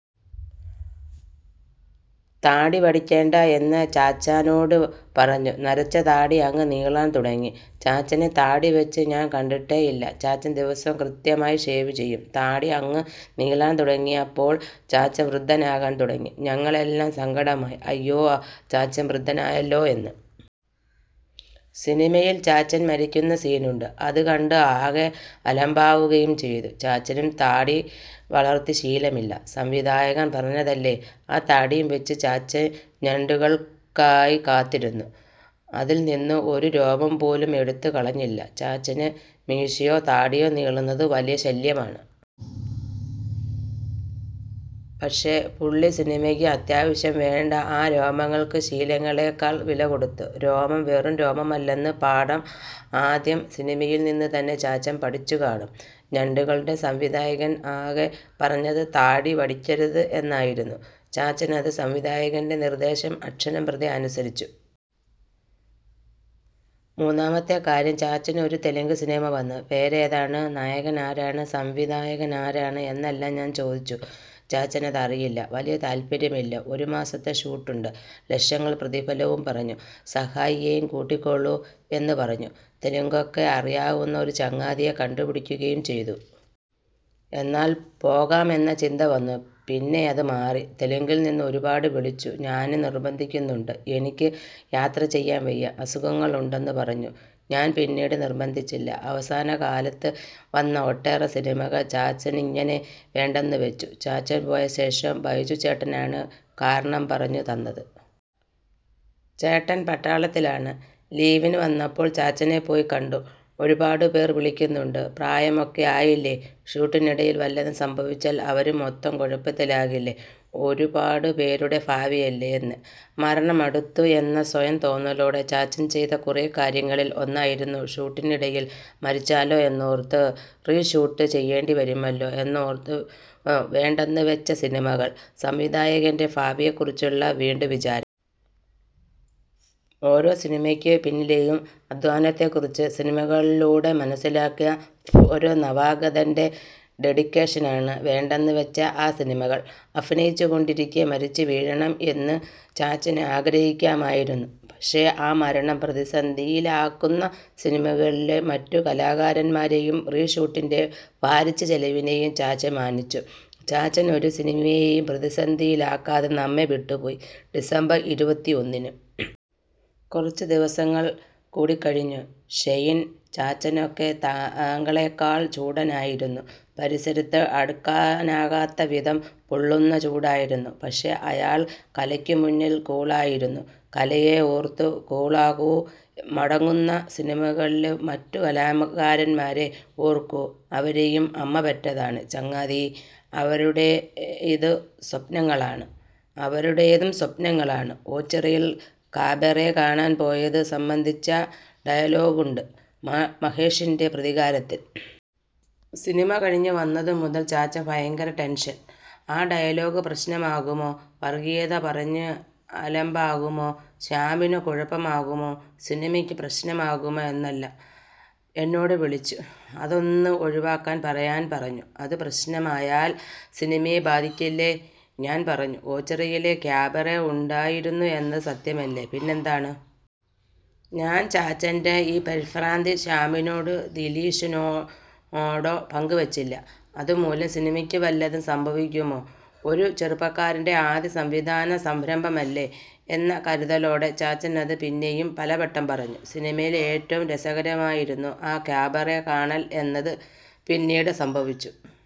താടി വടിയ്ക്കണ്ട എന്ന് ചാച്ചനോട് പറഞ്ഞു. നരച്ച താടി അങ്ങ് നീളാൻ തുടങ്ങി. ചാച്ചനെ താടിവെച്ച് ഞാൻ കണ്ടിട്ടേയില്ല. ചാച്ചൻ ദിവസവും കൃത്യമായി ഷേവ് ചെയ്യും. താടി അങ്ങ് നീളാൻ തുടങ്ങിയപ്പോൾ ചാച്ചൻ വൃദ്ധനാകാൻ തുടങ്ങി. ഞങ്ങൾക്ക് എല്ലാം സങ്കടമായി. അയ്യോ ചാച്ചൻ വൃദ്ധനായല്ലോ എന്ന്. സിനിമയിൽ ചാച്ചൻ മരിക്കുന്ന സീനുണ്ട്. അതുകണ്ട് ആകെ അലമ്പാവുകയും ചെയ്തു. ചാച്ചനും താടി വളർത്തി ശീലമില്ല. സംവിധായകൻ പറഞ്ഞതല്ലേ, ആ താടിയും വെച്ച് ചാച്ചൻ ഞണ്ടുകൾക്കായി കാത്തിരുന്നു. അതിൽ നിന്ന് ഒരു രോമം പോലും എടുത്തു കളഞ്ഞില്ല. ചാച്ചന് മീശയോ, താടിയോ നീളുന്നത് വലിയ ശല്യമാണ്. പക്ഷേ പുള്ളി സിനിമയ്ക്ക് അത്യാവശ്യം വേണ്ട ആ രോമങ്ങൾക്ക് ശീലങ്ങളെക്കാൾ വില കൊടുത്തു. രോമം വെറും രോമമല്ലെന്ന് പാഠം ആദ്യ സിനിമയിൽ നിന്ന് തന്നെ ചാച്ചൻ പഠിച്ചു കാണും. ഞണ്ടുകളുടെ സംവിധായകൻ ആകെ പറഞ്ഞത് താടി വടിയ്ക്കരുത് എന്നായിരുന്നു. ചാച്ചനത്, സംവിധായകൻ്റെ നിർദ്ദേശം, അക്ഷരം പ്രതി അനുസരിച്ചു. മൂന്നാമത്തെ കാര്യം, ചാച്ചന് ഒരു തെലുങ്ക് സിനിമ വന്നു. പേരേതാണ്, നായകനാരാണ്, സംവിധായകനാര് എന്നെല്ലാം ഞാൻ ചോദിച്ചു. ചാച്ചനത് അറിയില്ല. വലിയ താല്പ്പര്യമില്ല. ഒരു മാസത്തെ ഷൂട്ടുണ്ട്. ലക്ഷങ്ങൾ പ്രതിഫലവും പറഞ്ഞു. സഹായിയേയും കൂട്ടിക്കോളൂ എന്ന് പറഞ്ഞു. തെലുങ്കൊക്കെ അറിയാവുന്ന ഒരു ചങ്ങാതിയെ കണ്ടുപിടിക്കുകയും ചെയ്തു. എന്നാൽ പോകാം എന്ന ചിന്ത വന്നു. പിന്നെയത് മാറ്റി. തെലുങ്കിൽ നിന്ന് ഒരുപാട് വിളിച്ചു. ഞാനും നിർബന്ധിക്കുന്നുണ്ട്. എനിക്ക് യാത്ര ചെയ്യാൻ വയ്യ. അസുഖങ്ങൾ ഉണ്ടെന്ന് പറഞ്ഞു. ഞാൻ പിന്നീട് നിർബന്ധിച്ചില്ല. അവസാന കാലത്ത് വന്ന ഒട്ടേറെ സിനിമകൾ ചാച്ചനിങ്ങനെ വേണ്ടെന്ന് വെച്ചു. ചാച്ചൻ പോയ ശേഷം ബൈജു ചേട്ടനാണ് കാരണം പറഞ്ഞു തന്നത്. ചേട്ടൻ പട്ടാളത്തിലാണ്. ലീവിന് വന്നപ്പോൾ ചാച്ചനെ പോയി കണ്ടു. "ഒരുപാടുപേർ വിളിക്കുന്നുണ്ട്. പ്രായമൊക്കെയായില്ലേ, ഷൂട്ടിനിടയിൽ വല്ലതും സംഭവിച്ചാൽ അവരു മൊത്തം കുഴപ്പത്തിലാകില്ലേ, ഒരുപാടുപേരുടെ ഭാവിയല്ലേ" എന്ന്. മരണം അടുത്തു എന്ന സ്വയം തോന്നലോടെ ചാച്ചൻ ചെയ്ത കുറേ കാര്യങ്ങളിൽ ഒന്നായിരുന്നു, ഷൂട്ടിന് ഇടയിൽ മരിച്ചാലോ എന്നോർത്ത്, റീഷൂട്ട് ചെയ്യേണ്ടി വരുമല്ലോ എന്നോർത്ത് വേണ്ടെന്ന് വെച്ച സിനിമകൾ; സംവിധായകൻ്റെ ഭാവിയെ കുറിച്ചുള്ള വീണ്ടുവിചാരം. ഓരോ സിനിമയ്ക്ക് പിന്നിലേയും അധ്വാനത്തെ കുറച്ചു സിനിമകളിലൂടെ മനസ്സിലാക്കിയ ഒരു നവാഗതൻ്റെ ഡെഡിക്കേഷനാണ് വേണ്ടെന്ന് വെച്ച ആ സിനിമകൾ. അഭിനയിച്ചുകൊണ്ടിരിക്കേ മരിച്ചു വീഴണം എന്ന് ചാച്ചനും ആഗ്രഹിക്കാമായിരുന്നു. പക്ഷേ, ആ മരണം പ്രതിസന്ധിയിലാക്കുന്ന സിനിമകളിലെ മറ്റു കലാകാരന്മാരെയും റീഷൂട്ടിൻ്റെ ഭാരിച്ച ചെലവിനേയും ചാച്ചൻ മാനിച്ചു. ചാച്ചൻ ഒരു സിനിമയേയും പ്രതിസന്ധിയിലാക്കാതെ നമ്മെ വിട്ടുപോയി, ഡിസംബർ ഇരുപത്തിയൊന്നിന്. കുറച്ചു ദിവസങ്ങൾ കൂടിക്കഴിഞ്ഞ്. ഷെയ്ൻ, ചാച്ചനൊക്കെ താങ്കളെക്കാൾ ചൂടനായിരുന്നു. പരിസരത്ത് അടുക്കാനാകാത്ത വിധം പൊള്ളുന്ന ചൂടായിരുന്നു. പക്ഷേ, അയാൾ കലയ്ക്ക് മുന്നിൽ കൂളായിരുന്നു. കലയെ ഓർത്ത് കൂളാകൂ. മുടങ്ങുന്ന സിനിമകളിലെ മറ്റു കലാകാരന്മാരെ ഓർക്കൂ. അവരെയും അമ്മ പെറ്റതാണ് ചങ്ങാതീ. അവരുടേതും സ്വപ്നങ്ങളാണ്. "ഓച്ചിറയിൽ കാബറേ കാണാൻ പോയത്" സംബന്ധിച്ച ഡയലോഗുണ്ട് മഹേഷിൻ്റെ പ്രതികാരത്തിൽ. സിനിമ കഴിഞ്ഞു വന്നത് മുതൽ ചാച്ചൻ ഭയങ്കര ടെൻഷൻ. ആ ഡയലോഗ് പ്രശ്നമാകുമോ. വർഗ്ഗീയത പറഞ്ഞ് അലമ്പാകുമോ. ശ്യാമിന് കുഴപ്പമാകുമോ. സിനിമയ്ക്ക് പ്രശ്നമാകുമോ എന്നെല്ലാം. എന്നോട് വിളിച്ച്, അതൊന്ന് ഒഴിവാക്കാൻ പറയാൻ പറഞ്ഞു. അതു പ്രശ്നമായാൽ സിനിമയെ ബാധിക്കില്ലേ. ഞാൻ പറഞ്ഞു, ഓച്ചിറയിൽ കാബറേ ഉണ്ടായിരുന്നു എന്നത് സത്യമല്ലേ, പിന്നെന്താണ്. ഞാൻ ചാച്ചൻ്റെ ഈ പരിഭ്രാന്തി ശ്യാമിനോടോ ദിലീഷിനോടോ പങ്കുവെച്ചില്ല. അതുമൂലം സിനിമയ്ക്ക് വല്ലതും സംഭവിക്കുമോ, ഒരു ചെറുപ്പക്കാരൻ്റെ ആദ്യ സംവിധാന സംരംഭമല്ലേ എന്ന കരുതലോടെ, ചാച്ചനത് പിന്നെയും പലവട്ടം പറഞ്ഞു. സിനിമയിൽ ഏറ്റവും രസകരമായിരുന്നു ആ കാബറേ കാണൽ എന്നത് പിന്നീട് സംഭവിച്ചു.